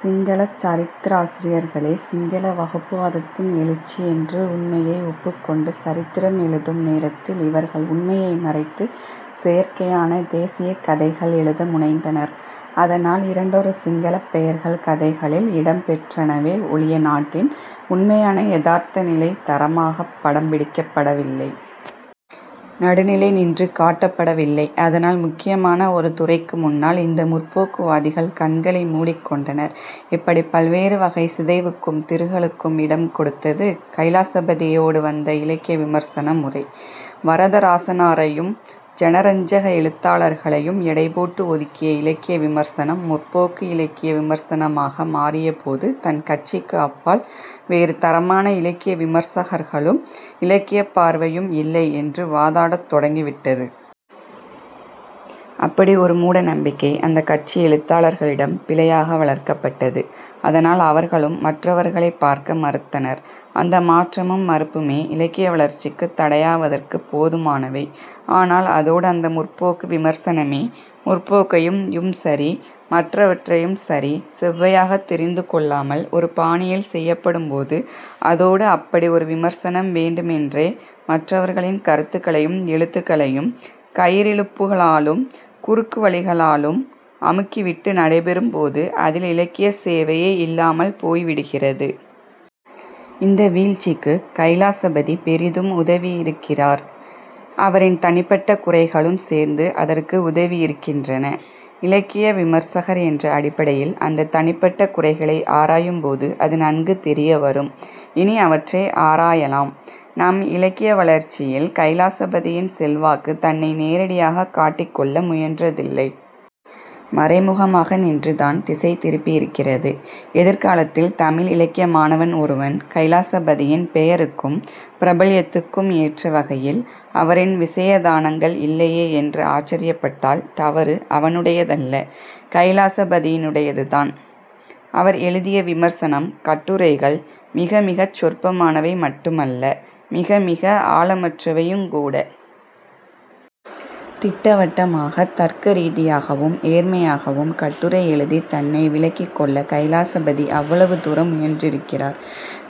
சிங்களச் சரித்திராசியர்களே 'சிங்கள வகுப்புவாதத்தின் எழுச்சி' என்று உண்மையை ஒப்புக்கொண்டு சரித்திரம் எழுதும் நேரத்தில் இவர்கள் உண்மையை மறைத்து, செயற்கையான 'தேசியக்' கதைகள் எழுத முனைந்தனர். அதனால் இரண்டொரு சிங்களப் பெயர்கள் கதைகளில் இடம் பெற்றனவே ஒழிய நாட்டின் உண்மையான யதார்த்த நிலை தரமாகப் படம் பிடிக்கப்படவில்லை. நடுநிலை நின்று காட்டப்படவில்லை. அதனால் முக்கியமான ஒரு துறைக்கு முன்னால் இந்த 'முற்போக்கு' வாதிகள் கண்களை மூடிக்கொண்டனர். இப்படிப் பல்வேறு வகை சிதைவுக்கும் திருகலுக்கும் இடம் கொடுத்தது கைலாசபதியோடு வந்த இலக்கிய விமர்சன முறை. வரதராசனாரையும் ஜனரஞ்சக எழுத்தாளர்களையும் எடைபோட்டு ஒதுக்கிய இலக்கிய விமர்சனம் 'முற்போக்கு' இலக்கிய விமர்சனமாக மாறியபோது தன் கட்சிக்கு அப்பால் வேறு தரமான இலக்கிய விமர்சகர்களும் இலக்கியப் பார்வையும் இல்லை என்று வாதாடத் தொடங்கிவிட்டது. அப்படி ஒரு மூட நம்பிக்கை அந்தக் கட்சி எழுத்தாளர்களிடம் பிழையாக வளர்க்கப்பட்டது. அதனால் அவர்களும் மற்றவர்களைப் பார்க்க மறுத்தனர். அந்த மாற்றமும் மறுப்புமே இலக்கிய வளர்ச்சிக்குத் தடையாவதற்குப் போதுமானவை. ஆனால் அதோடு அந்த 'முற்போக்கு' விமர்சனமே, 'முற்போக்கையும்'யும் சரி, மற்றவற்றையும் சரி செவ்வையாகத் தெரிந்துகொள்ளாமல் ஒரு பாணியில் செய்யப்படும்போது, அதோடு அப்படி ஒரு விமர்சனம் வேண்டுமென்றே மற்றவர்களின் கருத்துகளையும் எழுத்துகளையும் கயிறிழுப்புகளாலும் குறுக்கு வழிகளாலும் அமுக்கிவிட்டு நடைபெறும்போது அதில் இலக்கியச் சேவையே இல்லாமல் போய்விடுகிறது. இந்த வீழ்ச்சிக்குக் கைலாசபதி பெரிதும் உதவியிருக்கிறார். அவரின் தனிப்பட்ட குறைகளும் சேர்ந்து அதற்கு உதவியிருக்கின்றன. இலக்கிய விமர்சகர் என்ற அடிப்படையில் அந்தத் தனிப்பட்ட குறைகளை ஆராயும்போது அது நன்கு தெரியவரும். இனி அவற்றை ஆராயலாம். நம் இலக்கிய வளர்ச்சியில் கைலாசபதியின் செல்வாக்கு தன்னை நேரடியாகக் காட்டிக்கொள்ள முயன்றதில்லை. மறைமுகமாக நின்றுதான் திசை திருப்பியிருக்கிறது. எதிர் காலத்தில் தமிழ் இலக்கிய மாணவன் ஒருவன் கைலாசபதியின் பெயருக்கும் பிரபல்யத்துக்கும் ஏற்ற வகையில் அவரின் விசயதானங்கள் இல்லையே என்று ஆச்சரியப்பட்டால் தவறு அவனுடையதல்ல, கைலாசபதியினுடையதுதான். அவர் எழுதிய விமர்சனம், கட்டுரைகள் மிக மிகச் சொற்பமானவை மட்டுமல்ல, மிக மிக ஆழமற்றவையுங்கூட. திட்டவட்டமாகத் தர்க்கரீதியாகவும் நேர்மையாகவும் கட்டுரை எழுதித் தன்னை விளக்கிக்கொள்ள கைலாசபதி அவ்வளவு தூரம் முயன்றிருக்கிறார்.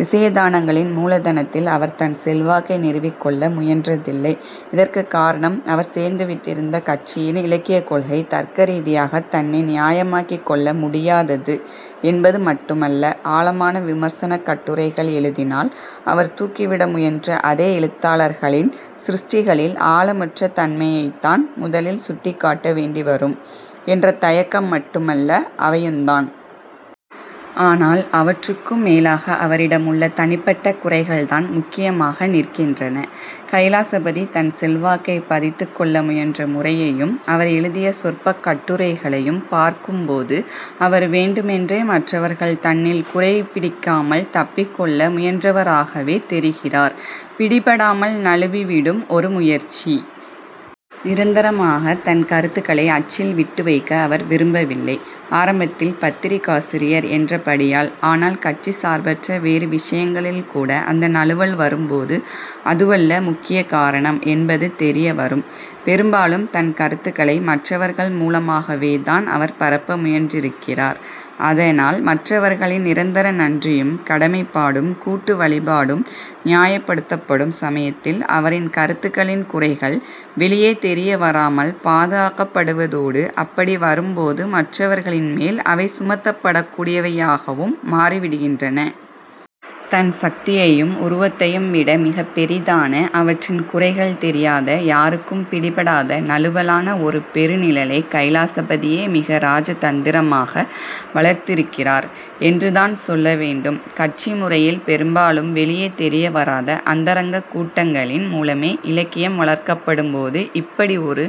விசயதானங்களின் மூலதனத்தில் அவர் தன் செல்வாக்கை நிறுவிக்கொள்ள முயன்றதில்லை. இதற்குக் காரணம் அவர் சேர்ந்துவிட்டிருந்த கட்சியின் இலக்கியக்கொள்கை தர்க்க ரீதியாகத் தன்னை நியாயமாக்கிக்கொள்ள முடியாதது என்பது மட்டுமல்ல, ஆழமான விமர்சனக் கட்டுரைகள் எழுதினால் அவர் தூக்கிவிட முயன்ற அதே எழுத்தாளர்களின் சிருஷ்டிகளில் ஆழமற்ற தன்மையைத்தான் முதலில் சுட்டிக் காட்ட வேண்டி வரும் என்ற தயக்கம் மட்டுமல்ல, அவையுந்தான். ஆனால் அவற்றுக்கும் மேலாக அவரிடம் உள்ள தனிப்பட்ட குறைகள்தான் முக்கியமாக நிற்கின்றன. கைலாசபதி தன் செல்வாக்கைப் பதித்துக் கொள்ள முயன்ற முறையையும் அவர் எழுதிய சொற்பக் கட்டுரைகளையும் பார்க்கும்போது அவர் வேண்டுமென்றே மற்றவர்கள் தன்னில் குறைபிடிக்காமல் தப்பிக்கொள்ள முயன்றவராகவே தெரிகிறார். பிடிபடாமல் நழுவிவிடும் ஒரு முயற்சி. நிரந்தரமாகத் தன் கருத்துக்களை அச்சில் விட்டுவைக்க அவர் விரும்பவில்லை, ஆரம்பத்தில் பத்திரிகாசிரியர் என்றபடியால். ஆனால் கட்சி சார்பற்ற வேறு விஷயங்களில்கூட அந்த நழுவல் வரும்போது அதுவல்ல முக்கிய காரணம் என்பது தெரியவரும். பெரும்பாலும் தன் கருத்துகளை மற்றவர்கள் மூலமாகவேதான் அவர் பரப்ப முயன்றிருக்கிறார். அதனால் மற்றவர்களின் நிரந்தர நன்றியும் கடமைப்பாடும் கூட்டு வழிபாடும் நியாயப்படுத்தப்படும் சமயத்தில் அவரின் கருத்துகளின் குறைகள் வெளியே தெரியவராமல் பாதுகாக்கப்படுவதோடு, அப்படி வரும்போது மற்றவர்களின்மேல் அவை சுமத்தப்படக் கூடியவையாகவும் மாறிவிடுகின்றன. தன் சக்தியையும் உருவத்தையும் விட மிகப் பெரிதான, அவற்றின் குறைகள் தெரியாத, யாருக்கும் பிடிபடாத நழுவலான ஒரு பெருநிழலை கைலாசபதியே மிக ராஜதந்திரமாக வளர்த்திருக்கிறார் என்றுதான் சொல்லவேண்டும். கட்சி முறையில் பெரும்பாலும் வெளியே தெரிய வராத அந்தரங்கக் கூட்டங்களின் மூலமே இலக்கியம் வளர்க்கப்படும்போது இப்படி ஒரு